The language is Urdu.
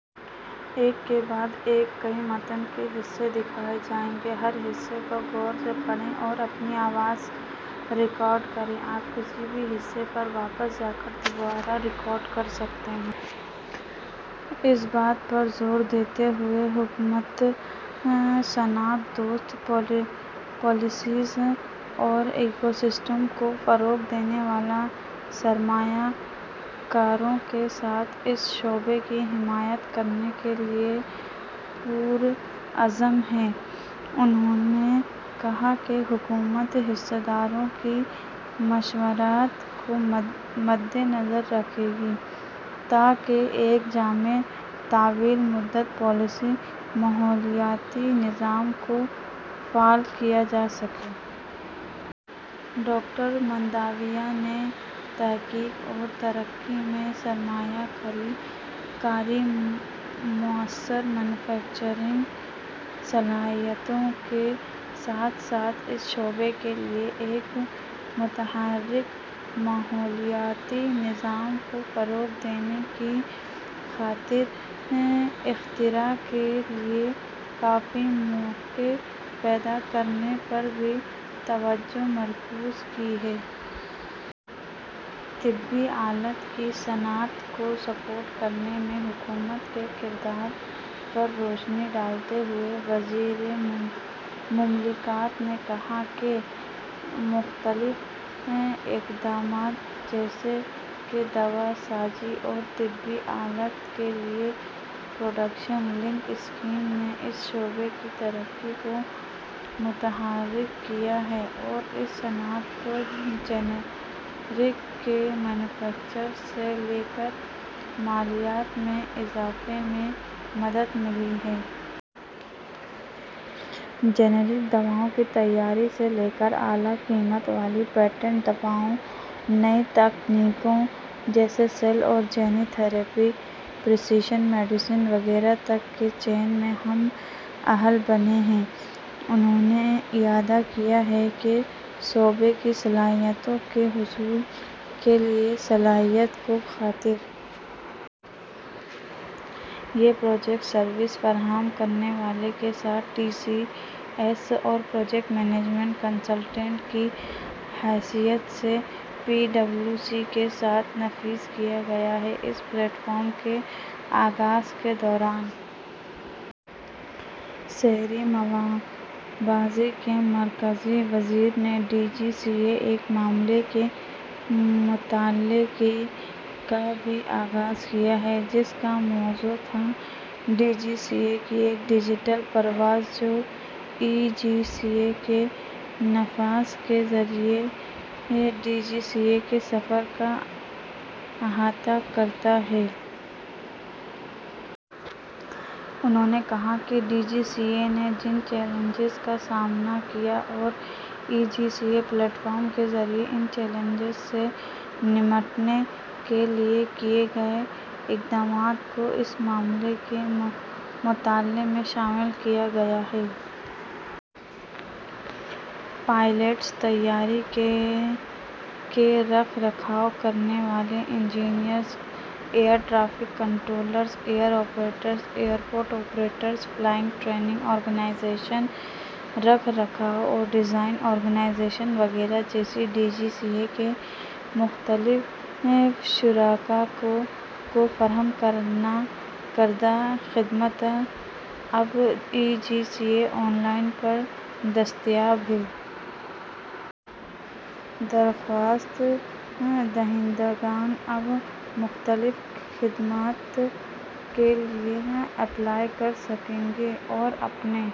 اس میں موجود نمبرز کو الفاظ میں تبدیل کرکے: اس بات پر زور دیتے ہوئے کہ حکومت صنعت دوست پالیسیوں اور ایکو سسٹم کو فروغ دینے والے سرمایہ کاروں کے ساتھ اس شعبے کی حمایت کرنے کے لیے پرعزم ہے، انہوں نے کہا کہ ''حکومت حصص داروں کی مشاورت کو مدنظر رکھے گی تاکہ ایک جامع، طویل مدتی پالیسی ماحولیاتی نظام کو فعال کیا جا سکے''۔ ڈاکٹر مانڈویہ نے تحقیق اور ترقی میں سرمایہ کاری، موثر مینوفیکچرنگ صلاحیتوں کے ساتھ ساتھ اس شعبے کے لیے ایک متحرک ماحولیاتی نظام کو فروغ دینے کی خاطر اختراع کے لیے کافی مواقع پیدا کرنے پر بھی توجہ مرکوز کی ہے۔ طبی آلات کی صنعت کو سپورٹ کرنے میں حکومت کے کردار پر روشنی ڈالتے ہوئے، وزیر مملکت نے کہا کہ ''مختلف اقدامات جیسے کہ دواسازی اور طبی آلات کے لیے پروڈکشن لنکڈ اسکیم نے اس شعبے کی ترقی کو متحرک کیا ہے اور اس صنعت کو جنرکس کے مینوفیکچررز سے لے کر مالیت میں اضافے میں مدد ملی ہے۔ جنرک دواؤں کی تیاری سے لیکر اعلیٰ قیمت والی پیٹنٹ دواؤں، نئی تکنیکوں جیسے سیل اور جین تھیریپی، پریزیشن میڈیسن وغیرہ تک کے چین میں ہم اہل بنے ہیں۔ انہوں نے اعادہ کیا کہ اس شعبے کی صلاحیتوں کے حصول کیلئے صلاحیت کو خاطر۔ یہ پروجیکٹ سروس فراہم کرنے والے کے ساتھ ٹی سی ایس اور پروجیکٹ منیجمنٹ کنسلٹینٹ کی حیثیت سے پی ڈبلیو کے ساتھ نافذ کیا گیا ہے۔ اس پلیٹ فارم کے آغاز کے دوران شہری ہوابازی کے مرکزی وزیر نے ڈی جی سی اے ایک معاملے کے مطالعے کا بھی آغاز کیا جس کا موضوع تھا ڈی جی سی اے کی ایک ڈجیٹل پرواز جو ای جی سی اے کے نفاذ کے ذریعہ ڈی جی سی اے کے سفر کا احاطہ کرتا ہے۔ انہوں نے کہا کہ ڈی جی سی اے نے جن چیلنجز کا سامنا کیا اور ای جی سی اے پلیٹ فارم کے ذریعہ ان چیلنجز سے نمٹنے کے لیے کیے گئے اقدامات کو اس معاملے کے مطالعے میں شامل کیا گیا ہے۔ پائلٹس، طیارے کے رکھ رکھاؤ کرنے والے engineers, air traffic controllers, air operators, airport operators, flying training organisation, رکھ رکھاؤ اور ڈیزائن آرگنائزیشن وغیرہ جیسے ڈی جی سی اے کے مختلف شراکت داروں کو فراہم کردہ خدمات اب ای جی سی اے آن لائن پر دستیاب ہیں۔ درخواست دہندگان اب مختلف خدمات کے لیے اپلائی کر سکیں گے اور اپنے۔